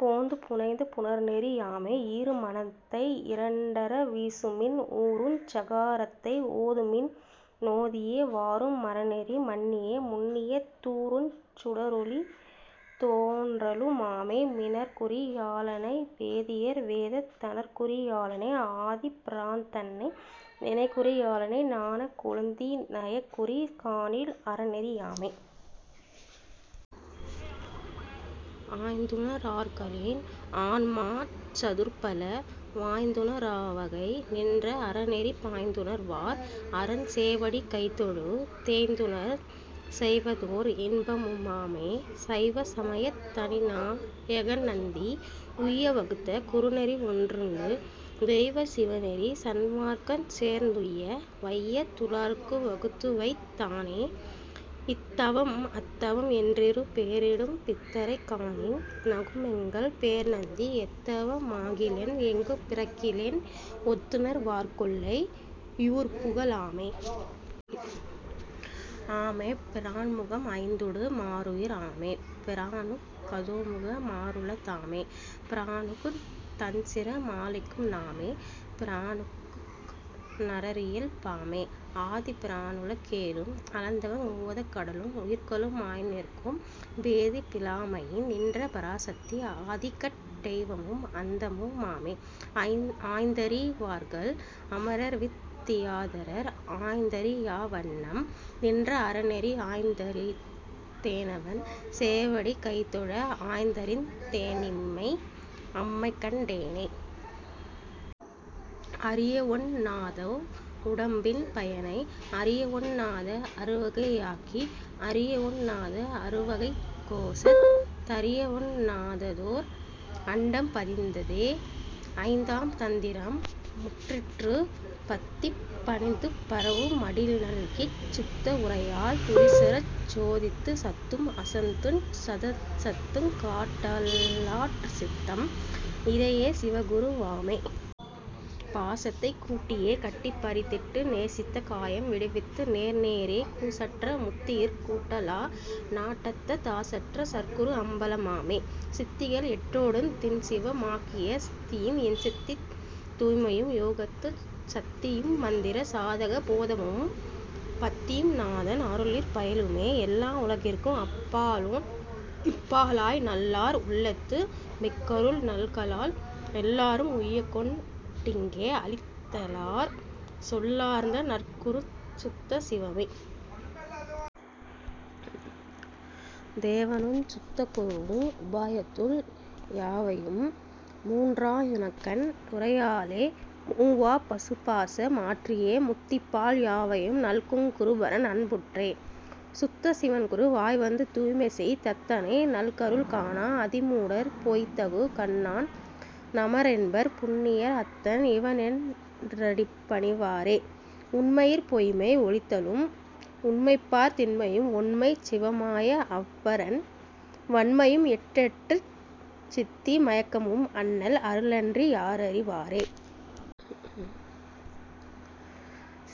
போந்து புனைந்து புணர்நெறி யாமே. ஈரு மனத்தை யிரண்டற வீசுமின் ஊருஞ் சகாரத்தை ஓதுமின் னோதியே வாரு மரநெறி மன்னியே முன்னியத் தூருஞ் சுடரொளி தோன்றலு மாமே மினற்குறி யாளனை வேதியர் வேதத் தனற்குறி யாளனை ஆதிப் பிரான்தன்னை நினைக்குறி யாளனை ஞானக் கொழுந்தி னயக்குறி காணில் அரநெறி யாமே. ஆய்ந்துண ரார்களின் ஆன்மாச் சதுர்பல வாய்ந்துண ராவகை நின்ற அரனெறி பாய்ந்துணர் வார் அரன் சேவடி கைதொழு தேய்ந்துணர் செய்வதோர் இன்பமு மாமே. சைவ சமயத் தனிநா யகன்நந்தி உய்ய வகுத்த குருநெறி ஒன்றுண்டு தெய்வச் சிவநெறி சன்மார்க்கஞ் சேர்ந்துய்ய வையத் துளார்க்குவகுத்துவைத் தானே. இத்தவம் அத்தவம் என்றிரு பேரிடும் பித்தரைக் காணின் நகுமெங்கள் பேர்நந்தி எத்தவ மாகிலென் எங்குப் பிறக்கிலென் ஒத்துணர் வார்க்கொல்லை யூர்புக லாமே. ஆமே பிரான்முகம் ஐந்தொடு மாருயிர் ஆமே பிரானுக் கதோமுக மாறுள தாமே பிரானுக்குந் தன்சிர மாலைக்கும் நாமே பிரானுக்கு நரரியல் பாமே. ஆதிப்பிரானுல கேழும் அளந்தவன் ஓதக் கடலும் உயிர்களு மாய்நிற்கும் பேதிப் பிலாமையின் நின்ற பராசத்தி ஆதிக்கட் டெய்வமும் அந்தமு மாமே. ஆய்ந்தறி வார்கள் அமரர்வித் தியாதரர் ஆய்ந்தறி யாவண்ணம் நின்ற அரனெறி ஆய்ந்தறிந் தேனவன் சேவடி கைதொழ ஆய்ந்தறிந் தேனிம்மை அம்மைகண் டேனே. அறியவொண் ணாதவ் வுடம்பின் பயனை அறியவொண் ணாத அறுவகை யாக்கி அறியவொண் ணாத அறுவகைக் கோசத் தறியவொண் ணாததோர் அண்டம் பதிந்ததே. ஐந்தாம் தந்திரம் முற்றிற்று பத்திப் பணித்துப் பரவு மடிநல்கிச் சுத்த வுரையால் துரிசறச் சோதித்துச் சத்தும் அசத்துஞ் சதசத்துங் காட்டலாற் சித்தம் இறையே சிவகுரு வாமே. பாசத்தைக் கூட்டியே கட்டிப் பறித்திட்டு நேசித்த காயம் விடிவித்து நேர்நேரே கூசற்ற முத்தியிற் கூட்டலா நாட்டத்த தாசற்ற சற்குரு அம்பலமாமே. சித்திகள் எட்டோடுந் திண்சிவ மாக்கிய சுத்தியும் எண்சத்தித் தூய்மையும் யோகத்துச் சத்தியும்மந்திர சாதக போதமும் பத்தியும் நாதன் அருளிற் பயிலுமே. எல்லா உலகிற்கும் அப்பாலோன் இப்பாலாய் நல்லார் உள்ளத்து மிக்கருள் நல்கலால் எல்லாரும் உய்யக்கொண் டிங்கே அளித்தலாற் சொல்லார்ந்த நற்குருச் சுத்த சிவமே. தேவனுஞ் சுத்த குருவும் உபாயத்துள் யாவையும் மூன்றா யுனக்கண் டுரையாலே மூவாப் பசுபாச மாற்றியே முத்திப்பால் யாவையும் நல்குங் குருபரன் அன்புற்றே. சுத்த சிவன்குரு வாய்வந்து தூய்மைசெய் தத்தனை நல்கருள் காணா அதிமூடர் பொய்த்தகு கண்ணான் நமரென்பர் புண்ணியர் அத்தன் இவனென் றடிபணிவாரே. உண்மையிற் பொய்மை ஒழித்தலும் உண்மைப்பார் திண்மையும் ஒண்மைச் சிவமாய அவ்வரன் வண்மையும் எட்டெட்டுச் சித்தி மயக்கமும் அண்ணல் அருளன்றி யாரறி வாரே.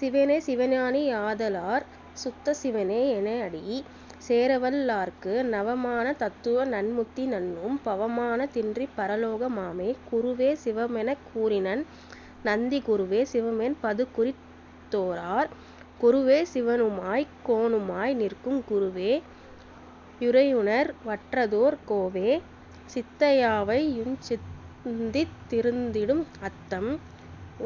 சிவனே சிவஞானி யாதலாற் சுத்த சிவனே யெனஅடி சேரவல் லார்க்கு நவமான தத்துவ நன்முத்தி நண்ணும் பவமான தின்றிப் பரலோக மாமே. குருவே சிவமெனக் கூறினன் நந்தி குருவே சிவமென் பதுகுறித் தோரார் குருவே சிவனுமாய்க் கோனுமாய் நிற்கும் குருவே யுரையுணர் வற்றதோர் கோவே. சித்த யாவையுஞ் சிந்தித் திருந்திடும் அத்தம்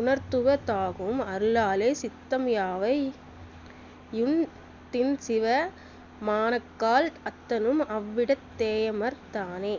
உணர்த்துவ தாகும் அருளாலே சித்தம் யாவையுந் திண்சிவ மானக்கால் அத்தனும் அவ்விடத் தேயமர்ந் தானே.